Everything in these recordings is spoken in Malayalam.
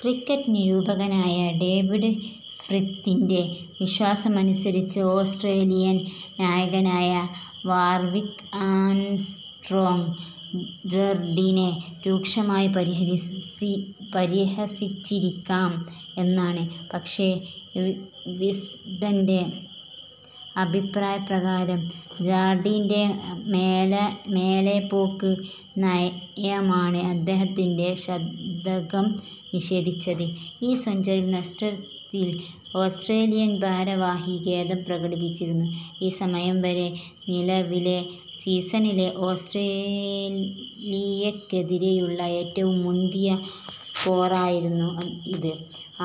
ക്രിക്കറ്റ് നിരൂപകനായ ഡേവിഡ് ഫ്രിത്തിൻ്റെ വിശ്വാസമനുസരിച്ച് ഓസ്ട്രേലിയൻ നായകനായ വാർവിക് ആംസ്ട്രോംഗ് ജാർഡീനെ രൂക്ഷമായി പരിഹസിച്ചിരിക്കാം എന്നാണ്. പക്ഷെ വിസ്ഡൻ്റെ അഭിപ്രായ പ്രകാരം ജാർഡീൻ്റെ മെല്ലെപ്പോക്ക് നയമാണ് അദ്ദേഹത്തിൻ ശതകം നിഷേധിച്ചത്. ഈ സെഞ്ച്വറി നഷ്ടത്തിൽ ഓസ്ട്രേലിയൻ ഭാരവാഹി ഖേദം പ്രകടിപ്പിച്ചിരുന്നു. ഈ സമയം വരെ നിലവിലെ സീസണിലെ ഓസ്ട്രേലിയക്കെതിരെയുള്ള ഏറ്റവും മുന്തിയ സ്കോറായിരുന്നു ഇത്,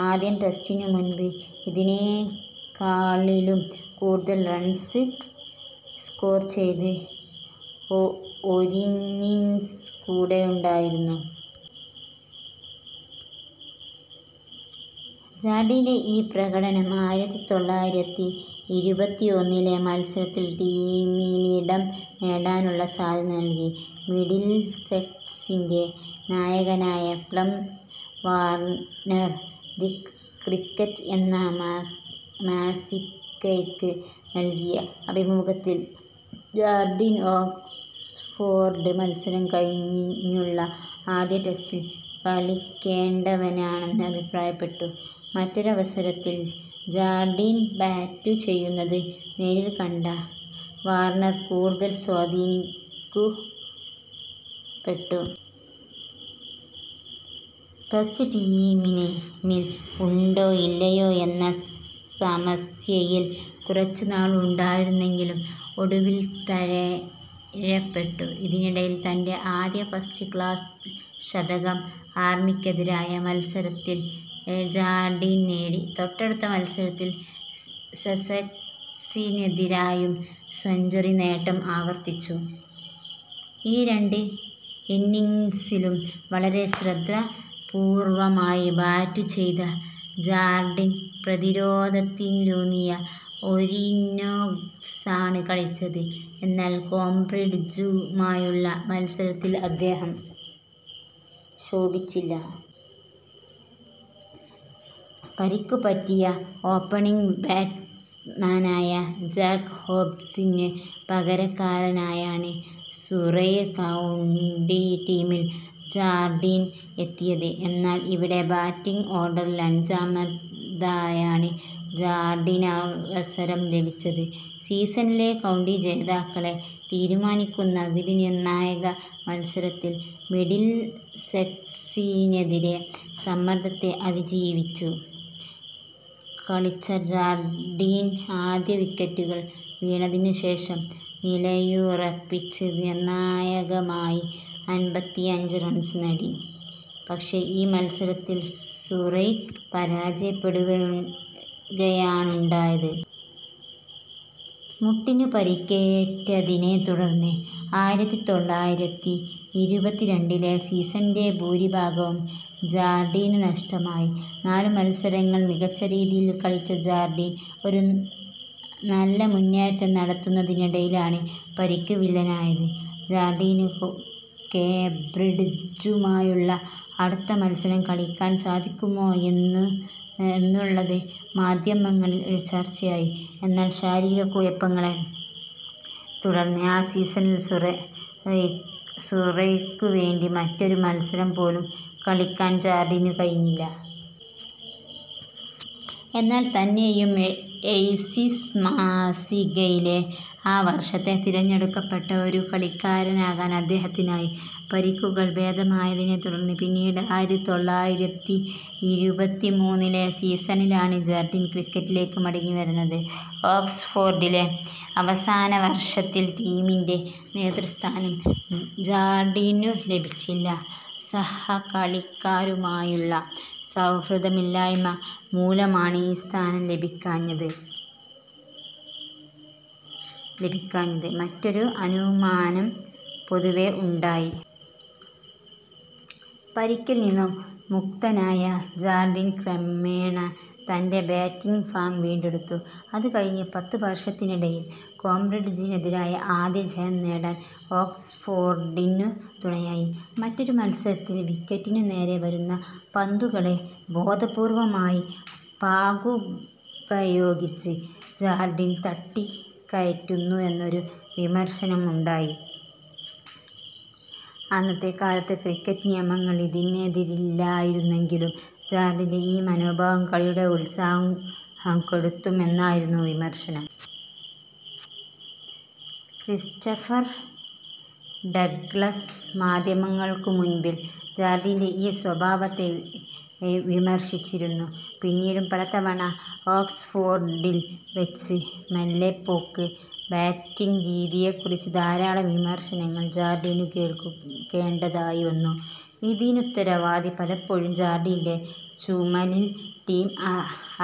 ആദ്യ ടെസ്റ്റിനു മുൻപ് ഇതിനേക്കാളിലും കൂടുതൽ റൺസ് സ്കോർ ചെയ്ത ഒരിന്നിംഗ്സ് കൂടെയില്ലായിരുന്നു. ജാർഡീൻ്റെ ഈ പ്രകടനം ആയിരത്തിതൊള്ളായിരത്തിഇരുപത്തിഒന്നിലെ മത്സരത്തിൽ ടീമിലിടം നേടാനുള്ള സാധ്യത നൽകി. മിഡിൽസെക്സിൻ്റെ നായകനായ പ്ലം വാർനർ ദി ക്രിക്കറ്റർ എന്ന മാസികയ്ക്ക് നൽകിയ അഭിമുഖത്തിൽ ജാർഡീൻ ഓക്സ്ഫോർഡ് മത്സരം കഴിഞ്ഞുള്ള ആദ്യ ടെസ്റ്റിൽ കളിക്കേണ്ടവനാണെന്ന് അഭിപ്രായപ്പെട്ടു. മറ്റൊരവസരത്തിൽ ജാർഡീൻ ബാറ്റുചെയ്യുന്നത് നേരിൽക്കണ്ട വാർനർ കൂടുതൽ സ്വാധീനിക്കുപ്പെട്ടു. ടെസ്റ്റ് ടീമിൽ ഉണ്ടോ ഇല്ലയോ എന്ന സമസ്യയിൽ കുറച്ച് നാൾ ഉണ്ടായിരുന്നെങ്കിലും ഒടുവിൽ തഴയപ്പെട്ടു, ഇതിനിടയിൽ തൻ്റെ ആദ്യ ഫസ്റ്റ് ക്ലാസ് ശതകം ആർമിക്കെതിരായ മത്സരത്തിൽ ജാർഡീൻ നേടി, തൊട്ടടുത്ത മത്സരത്തിൽ സസെക്സിനെതിരായും സെഞ്ച്വറി നേട്ടം ആവർത്തിച്ചു. ഈ രണ്ട് ഇന്നിംഗ്സിലും വളരെ ശ്രദ്ധാ പൂർവ്വമായി ബാറ്റു ചെയ്ത ജാർഡിൻ പ്രതിരോധത്തിലൂന്നിയ ഒരിന്നൊഗ്സാണ് കളിച്ചത്, എന്നാൽ കേംബ്രിഡ്ജുമായുള്ള മത്സരത്തിൽ അദ്ദേഹം ശോഭിച്ചില്ല. പരിപ്പ് പറ്റിയ ഓപ്പണിംഗ് ബാറ്റ്സ്മാനായ ജാക് ഹോബ്സിനു പകരക്കാരനായാണ് സുറൈ കൗണ്ടി ടീമ, എന്നാൽ ഇവിടെ ബാറ്റിംഗ് ഓർഡറിൽ അഞ്ചാമതായാണ് ജാർഡിനവസരം ലഭിച്ചത്. സീസണിലെ കൗണ്ടി ജേതാക്കാളെ തീരുമാനിക്കുന്ന വിധിനിർണ്ണായക മത്സരത്തിൽ മിഡിൽസെക്സിനെതിരെ സമ്മർദ്ദത്തെ അതി ജീവിച്ചു കളിച്ച ജാർഡീൻ ആദ്യ വിക്കറ്റുകൾ വീണതിനു ശേഷം നിലയുറപ്പിച്ച് നിർണ്ണായകമായി അൻപത്തിഅഞ്ച് റൺസ് നേടി, പക്ഷെ ഈ മത്സരത്തിൽ സുറൈ പരാജയപ്പെടുകയാണുണ്ടായത്. മുട്ടിനു പരിക്കേറ്റതിനെ തുടർന്നെ ആയിരത്തിതൊള്ളായിരത്തിഇരുപത്തിരണ്ടിലെ സീസണിൻ്റെ ഭൂരിഭാഗവും ജാർഡീനു നഷ്ടമായി, നാലു മത്സരങ്ങൾ മികച്ച രീതിയിൽ കളിച്ച ജാർഡീൻ ഒരു നല്ല മുന്നേറ്റം നടത്തുന്നതിനിടയിലാണ് പരിക്ക് വില്ലനായത്. ജാർഡീനു കേബ്രിഡ്ജുമായുള്ള അടുത്ത മത്സരം കളിയ്ക്കാൻ സാധിക്കുമോ എന്നുള്ളത് മാധ്യമങ്ങളിൽ ഒരു ചർച്ചയായി, എന്നാൽ ശാരീരക കുഴപ്പങ്ങളെ തുടർന്ന് ആ സീസണിൽ സുറൈക്കു വേണ്ടി മറ്റൊരു മത്സരം പോലും കളിയ്ക്കാൻ ജാർഡീനു കഴിഞ്ഞില്ല. എന്നാൽ തന്നെയും ഐസിസ് മാസികയിലെ ആ വർഷത്തെ തിരഞ്ഞെടുക്കപ്പെട്ട ഒരു കളിക്കാരനാക്കാൻ അദ്ദേഹത്തിനായി. പരിക്കുകൾ ഭേദമായതിനെ തുടർന്ന് പിന്നീട് ആയിരത്തിതൊള്ളായിരത്തിഇരുപത്തിമൂന്നിലെ സീസണിലാണ് ജാർഡീൻ ക്രിക്കറ്റിലേക്ക് മടങ്ങി വരുന്നത്. ഒക്സ്ഫോർഡിലെ അവസാന വർഷത്തിൽ ടീമിൻ്റെ നേതൃസ്ഥാനം ജാർഡീനു ലഭിച്ചില്ല, സഹകളിക്കരുമായുള്ള സൗഹൃദയില്ലായ്മ മൂലമാണ് ഈ സ്ഥാനം ലഭിക്കാഞ്ഞത് എന്നൊരു അനുമാനം പൊതുവെ ഉണ്ടായി. പരിക്കിൽ നിന്നു മുക്തനായ ജാർഡീൻ ക്രമേണ തൻ്റെ ബാറ്റിംഗ് ഫോം വീണ്ടെടുത്തു, ഇത് കഴിഞ്ഞ പത്ത് വർഷത്തിനിടയിൽ കേംബ്രിഡ്ജിനെതിരെ ആദ്യ ജയം നേടാൻ ഓക്സ്ഫോർഡീനു തുണയായി. മറ്റൊരു മത്സരത്തിൽ വിക്കറ്റിനു നേരെ വരുന്ന പന്തുകളെ ബോധപൂർവ്വമായി പാഗ്ഗുപയോഗിച്ച് ജാർഡീൻ തട്ടിയകറ്റുന്നു എന്നൊരു വിമർശനം ഉണ്ടായി, അന്നത്തെക്കാലത്ത് ക്രിക്കറ്റ് നിയമങ്ങൾ ഇതിനെതിരല്ലായിരുന്നെങ്കിലും ജാർഡീൻ്റെ ഈ മനോഭാവം കളിയുടെ ഉത്സാഹം കെടുത്തും എന്നായിരുന്നു വിമർശനം. ക്രിസ്റ്റഫർ ഡഗ്ലസ് മാധ്യമങ്ങൾക്കു മുൻപിൽ ജർഡീൻ്റെ ഈ സ്വഭാവത്തെ വിമർശിച്ചിരുന്നു. പിന്നീടും പലതവണ ഓക്സ്ഫോർഡിൽ വച്ച് മെല്ലെപ്പോക്ക് ബാറ്റിംഗ് രീതിയെക്കുറിച്ച് ധാരാളം വിമർശനങ്ങൾ ജാർഡീനു കേൾക്കേണ്ടതായി വന്നു. ഇതിനുത്തരവാദി പലപ്പോഴും ജാർഡീൻ്റെ ചുമലിൽ ടീം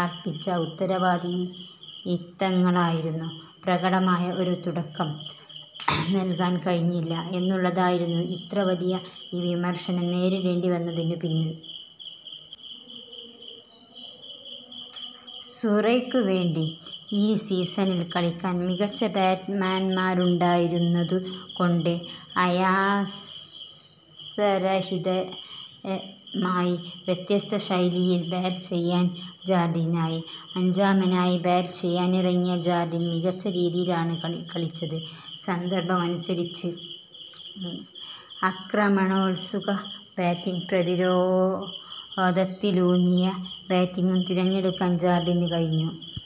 അർപ്പിച്ച ഉത്തരവാദിത്തങ്ങളായിരുന്നു. പ്രകടമായ ഒരു തുടക്കം നൽകാൻ കഴിഞ്ഞില്ല എന്നുള്ളതായിരുന്നു ഇത്ര വലിയ ഒരു വിമർശനം നേരിടേണ്ടി വന്നതിനു പിന്നിൽ. സുറൈക്കു വേണ്ടി ഈ സീസണിൽ കളിക്കാൻ മികച്ച ബാറ്റ്സ്മാന്മാരുണ്ടായിരുന്നതുകൊണ്ട് അയാസരഹിതമായി വ്യത്യസ്ത ശൈലിയിൽ ബാറ്റു ചെയ്യാൻ ജാർഡീനായി. അഞ്ചാമനായി ബാറ്റു ചെയ്യാനിറങ്ങിയ ജാർഡീൻ മികച്ച രീതിയിലാണ് കളിച്ചത്, സന്ദർഭമനുസരിച്ച് അക്രമണോത്സുക ബാറ്റിംഗും പ്രതിരോധത്തിലൂന്നിയ ബാറ്റിംഗും തിരഞ്ഞെടുക്കാൻ ജാർഡീന് കഴിഞ്ഞിരുന്നു.